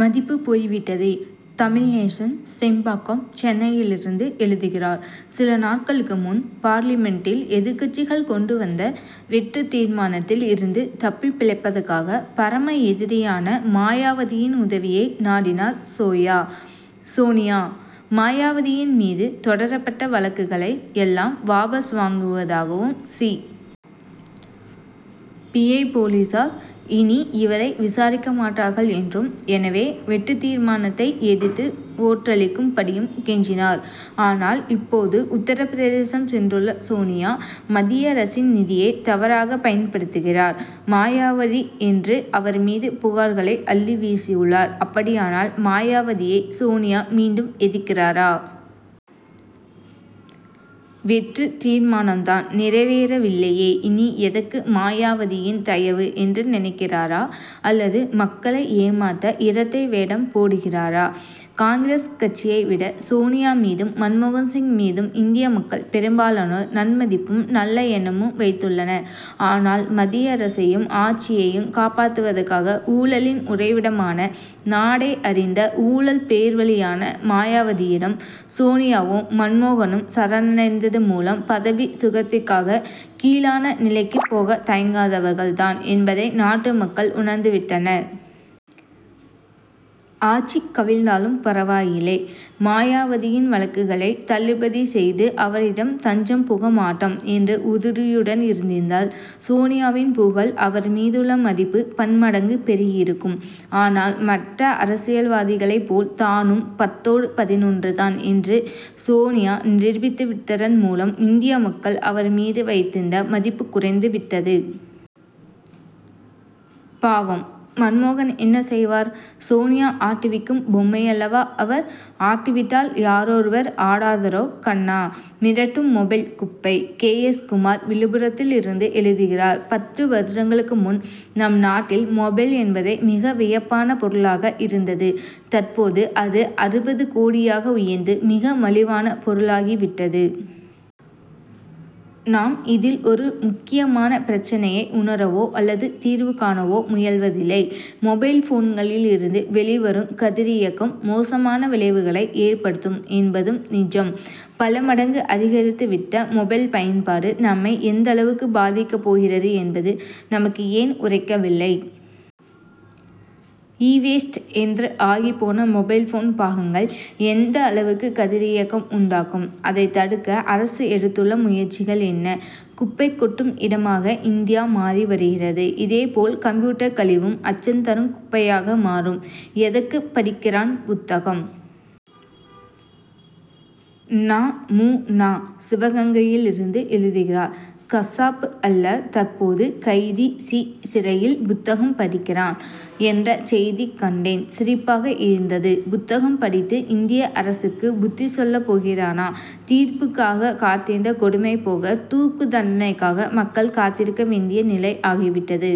மதிப்பு போய் விட்டதே! தமிழ்நேசன், செம்பாக்கம், சென்னையிலிருந்து எழுதுகிறார் சில நாட்களுக்கு முன் பார்லிமென்டில், எதிர்க்கட்சிகள் கொண்டு வந்த வெட்டுத் தீர்மானத்தில் இருந்து தப்பிப் பிழைப்பதற்காக, பரம எதிரியான மாயாவதியின் உதவியை நாடினார் சோயா சோனியா. மாயாவதியின் மீது தொடரப்பட்ட வழக்குகளை எல்லாம் வாபஸ் வாங்குவதாகவும், சி. பி. ஐ. போலீசார் இனி இவரை விசாரிக்க மாட்டார்கள் என்றும், எனவே, வெட்டுத் தீர்மானத்தை எதிர்த்து ஓட்டளிக்கும் படியும் கெஞ்சினார். ஆனால், இப்போது உத்தரப்பிரதேசம் சென்றுள்ள சோனியா, மத்திய அரசின் நிதியை தவறாக பயன்படுத்துகிறார் மாயாவதி' என்று, அவர் மீது புகார்களை அள்ளி வீசியுள்ளார். அப்படியானால், மாயாவதியை சோனியா மீண்டும் எதிர்க்கிறாரா? வெட்டுத் தீர்மானம் தான் நிறைவேறவில்லையேஇனி எதற்கு மாயாவதியின் தயவு என்று நினைக்கிறாரா அல்லது மக்களை ஏமாற்ற இரட்டை வேடம் போடுகிறாரா? காங்கிரஸ் கட்சியை விட சோனியா மீதும், மன்மோகன் சிங் மீதும், இந்திய மக்கள் பெரும்பாலோர் நன்மதிப்பும், நல்ல எண்ணமும் வைத்துள்ளனர். ஆனால், மத்திய அரசையும், ஆட்சியையும் காப்பாற்றுவதற்காக, ஊழலின் உறைவிடமான, நாடே அறிந்த ஊழல் பேர்வழியான மாயாவதியிடம், சோனியாவும், மன்மோகனும் சரணடைந்தது மூலம், பதவி சுகத்திற்காக, கீழான நிலைக்குப் போகத் தயங்காதவர்கள் தான் என்பதை நாட்டு மக்கள் உணர்ந்து விட்டனர். ஆட்சி கவிழ்ந்தாலும் பரவாயில்லை, மாயாவதியின் வழக்குகளை தள்ளுபடி செய்து அவரிடம் தஞ்சம் புக மாட்டோம்' என்று உறுதியுடன் இருந்திருந்தால், சோனியாவின் புகழ், அவர் மீதுள்ள மதிப்பு பன்மடங்கு பெருகி இருக்கும். ஆனால், மற்ற அரசியல்வாதிகளைப் போல் தானும், பத்தோடு பதினொன்றுதான் என்று சோனியா நிரூபித்து விட்டதன் மூலம், இந்திய மக்கள் அவர் மீது வைத்திருந்த மதிப்பு குறைந்து விட்டது. பாவம், மன்மோகன் என்ன செய்வார்? சோனியா ஆட்டு விக்கும் பொம்மையல்லவா அவர்! ஆட்டுவித்தால் யாரொருவர் ஆடாதாரே கண்ணா? மிரட்டும் மொபைல் குப்பை! கே. எஸ். குமார், விழுப்புரத்திலிருந்து எழுதுகிறார் பத்து வருடங்களுக்கு முன், நம் நாட்டில் மொபைல் என்பதே, மிக வியப்பான பொருளாக இருந்தது. தற்போது அது அறுபது கோடியாக உயர்ந்து, மிக மலிவான பொருளாகி விட்டது. நாம் இதில் ஒரு முக்கியமான பிரச்னையை உணரவோ அல்லது தீர்வு காணவோ முயல்வதில்லை. மொபைல்போன்களில் இருந்து வெளிவரும் கதிரியக்கம், மோசமான விளைவுகளை ஏற்படுத்தும் என்பது நிஜம். பல மடங்கு அதிகரித்து விட்ட மொபைல் பயன்பாடு, நம்மை எந்த அளவுக்கு பாதிக்கப் போகிறது என்பது, நமக்கு ஏன் உறைக்கவில்லை? இ வேஸ்ட்' என்று ஆகிப்போன மொபைல் போன் பாகங்கள், எந்த அளவுக்கு கதிரியக்கம் உண்டாக்கும்? அதைத் தடுக்க அரசு எடுத்துள்ள முயற்சிகள் என்ன? குப்பைக் கொட்டும் இடமாக இந்தியா மாறி வருகிறது. இதே போல் கம்ப்யூட்டர் கழிவும், அச்சம் தரும் குப்பையாக மாறும். எதற்கு படிக்கிறான் புத்தகம்! நா. மு. நா., சிவகங்கையிலிருந்து எழுதுகிறார் கசாப் அல்ல, தற்போது கைதி சி-, சிறையில் புத்தகம் படிக்கிறான்' என்ற செய்தி கண்டேன்; சிரிப்பாக இருந்தது. புத்தகம் படித்து, இந்திய அரசுக்கு புத்தி சொல்லப் போகிறானா? தீர்ப்புக்காக காத்திருந்த கொடுமை போக, தூக்கு தண்டனைக்காக, மக்கள் காத்திருக்க வேண்டிய நிலை ஆகிவிட்டது.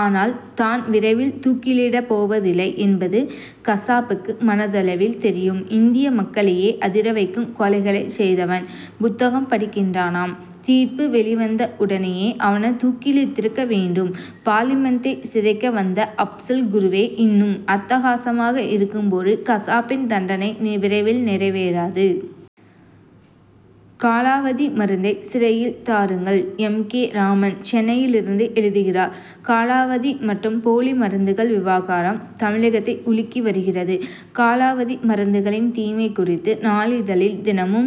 ஆனால், தான் விரைவில் தூக்கிலிடப்பட போவதில்லை என்பது, கசாபுக்கு மனதளவில் தெரியும். இந்திய மக்களையே அதிர வைக்கும் கொலைகளைச் செய்தவன், புத்தகம் படிக்கிறானாம். தீர்ப்பு வெளிவந்த உடனேயே, அவனைத் தூக்கிலிட்டிருக்க வேண்டும். பார்லிமென்டை சிதைக்க வந்த அப்சல் குருவே இன்னும், அட்டகாசமாக இருக்கும் போது, கசாப்பின் தண்டனை விரைவில் நிறைவேறாது. காலாவதி மருந்தை சிறையில் தாருங்கள்! எம். கே. ராமன், சென்னையிலிருந்து எழுதுகிறார் காலாவதி மற்றும் போலி மருந்துகள் விவகாரம், தமிழகத்தை உலுக்கி வருகிறது. காலாவதி மருந்துகளின் தீமை குறித்து, நாளிதழில் தினமும்